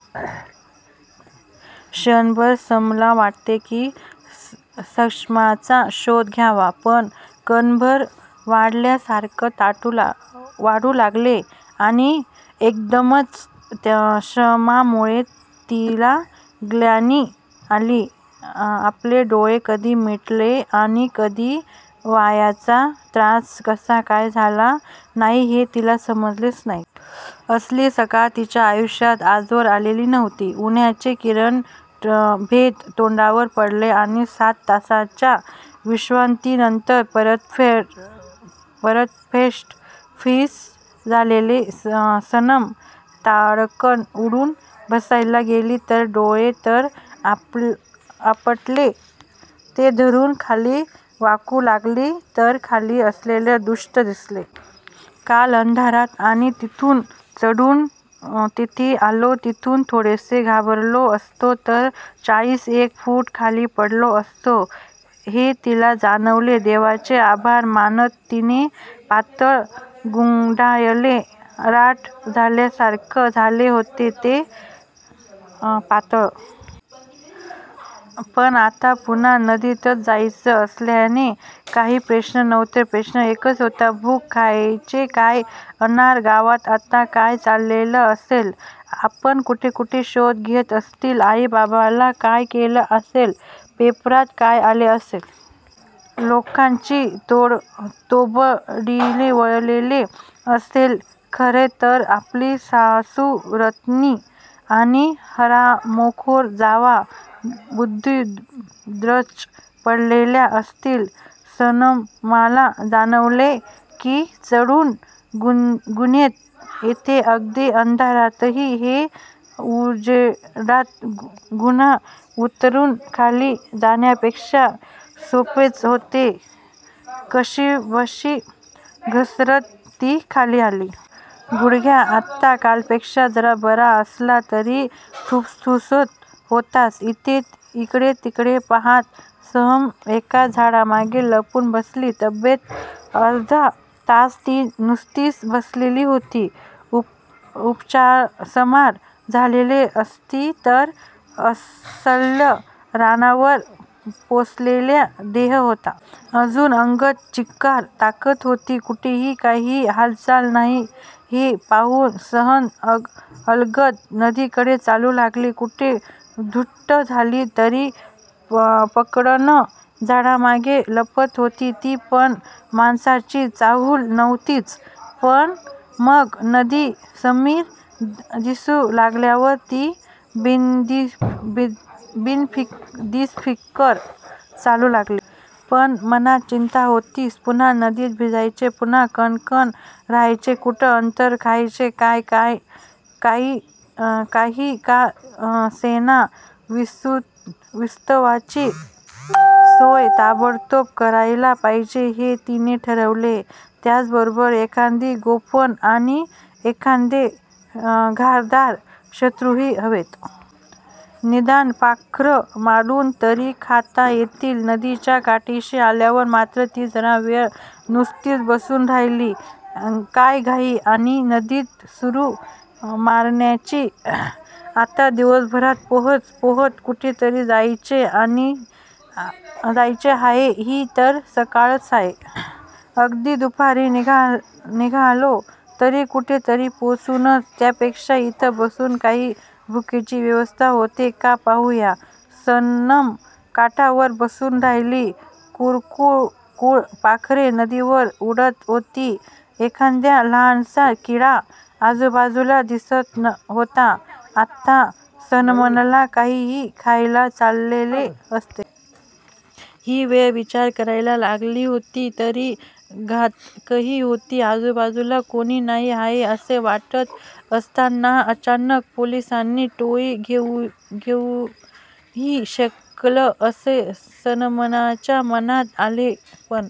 क्षणभर सनमला वाटले की सश्याचा शोध घ्यावा. पण कणकण वाढल्यासारखे वाटू लागले आणि एकंदरच श्रमांमुळे तिला ग्लानी आली. आपले डोळे कधी मिटले आणि नंतर वार्याचा त्रास कसा काय झाला नाही हे तिला समजलेच नाही. असली सकाळ तिच्या आयुष्यात आजवर आलेली नव्हती. उन्हाचे किरण थेट तोंडावर पडले आणि सात तासांच्या विश्रांतीनंतर परफेक्ट फिट झालेली सनम ताडकन उठून बसायला गेली तर डोके वर आपटले. ते धरून खाली वाकू लागली तर खाली असलेले दृष्य दिसले. काल अंधारात आपण जिथून चढून येथे आलो तिथून थोडेसे घसरलो असतो तर चाळीस एक फूट खाली पडलो असतो हे तिला जाणवले. देवाचे आभार मानत तिने पातळ गुंडाळले. राठ झाल्यासारखे झाले होते ते पातळ! पण आता पुन्हा नदीतच जायचे असल्याने काही प्रश्न नव्हता. प्रश्न एकच होता. भूक! खायचे काय? अनार गावात आता काय चाललेले असेल? आपला कुठेकुठे शोध घेत असतील? आई बाबाला काय केले असेल? पेपरात काय आले असेल? लोकांची बोबडीच वळलेली असेल खरे तर. आपली सासू रत्नी आणि हरामखोर जावा बेशुद्धच पडलेल्या असतील. सनमला जाणवले की चढून गुहेत येणे, अगदी अंधारातही, हे उजेडात गुहा उतरून खाली जाण्यापेक्षा सोपेच होते. कशीबशी घसरत ती खाली आली. गुडघा आता कालपेक्षा जरा बरा असला तरी ठुसठुसत होताच. इकडे तिकडे पाहात सनम एका झाडामागे लपून बसली. तब्बल अर्धा तास ती नुसतीच बसलेली होती. उपासमार झालेली असली तरी अस्सल रानावर पोसलेला देह होता. अजून अंगात चिक्कार ताकद होती. कुठेही काहीही हालचाल नाही हे पाहून सनम अलगद नदीकडे चालू लागली. कुठे खुट्ट झालं तरी पटकन झाडांमागे लपत होती ती, पण माणसाची चाहुल नव्हतीच. मग नदी समिर दिसू लागल्यावर ती बिनदिक्कत चालू लागली. पण मनात चिंता होतीच. पुन्हा नदीत भिजायचे, पुन्हा कणकण! राहायचे कुठे नंतर? खायचे काय? काही का सेनात, विस्तवाची सोय ताबडतोब करायला पाहिजे हे तिने ठरवले. त्याचबरोबर एखादी गोफण आणि एखादे धारदार शस्त्रही हवेच. निदान पाखरं मारून तरी खाता येतील. नदीच्या काठाशी आल्यावर मात्र ती जरा वेळ नुसतीच बसून राहिली. काय घाई आहे नदीत सूर मारण्याची? आता दिवसभरात पोहत पोहत कुठेतरी जायचेच आहे. ही तर सकाळच आहे. अगदी दुपारी निघालो तरी कुठेतरी पोहोचूच. त्यापेक्षा इथे बसून काही भुकेची व्यवस्था होते का पाहूयात. सनम काठावर बसून राहिली. किरकोळ पाखरे नदीवर उडत होती. एखादा लहानसा किडा आजूबाजूला दिसत होता. आत्ता सनमला काहीही खायला चालले असते. ही वेळ विचार करायला चांगली असली तरी घातकही होती. आजूबाजूला कोणी नाही आहे असे वाटत असतानाच अचानक पोलिसांची टोळी येऊही शकेल असे सनमच्या मनात आले. पण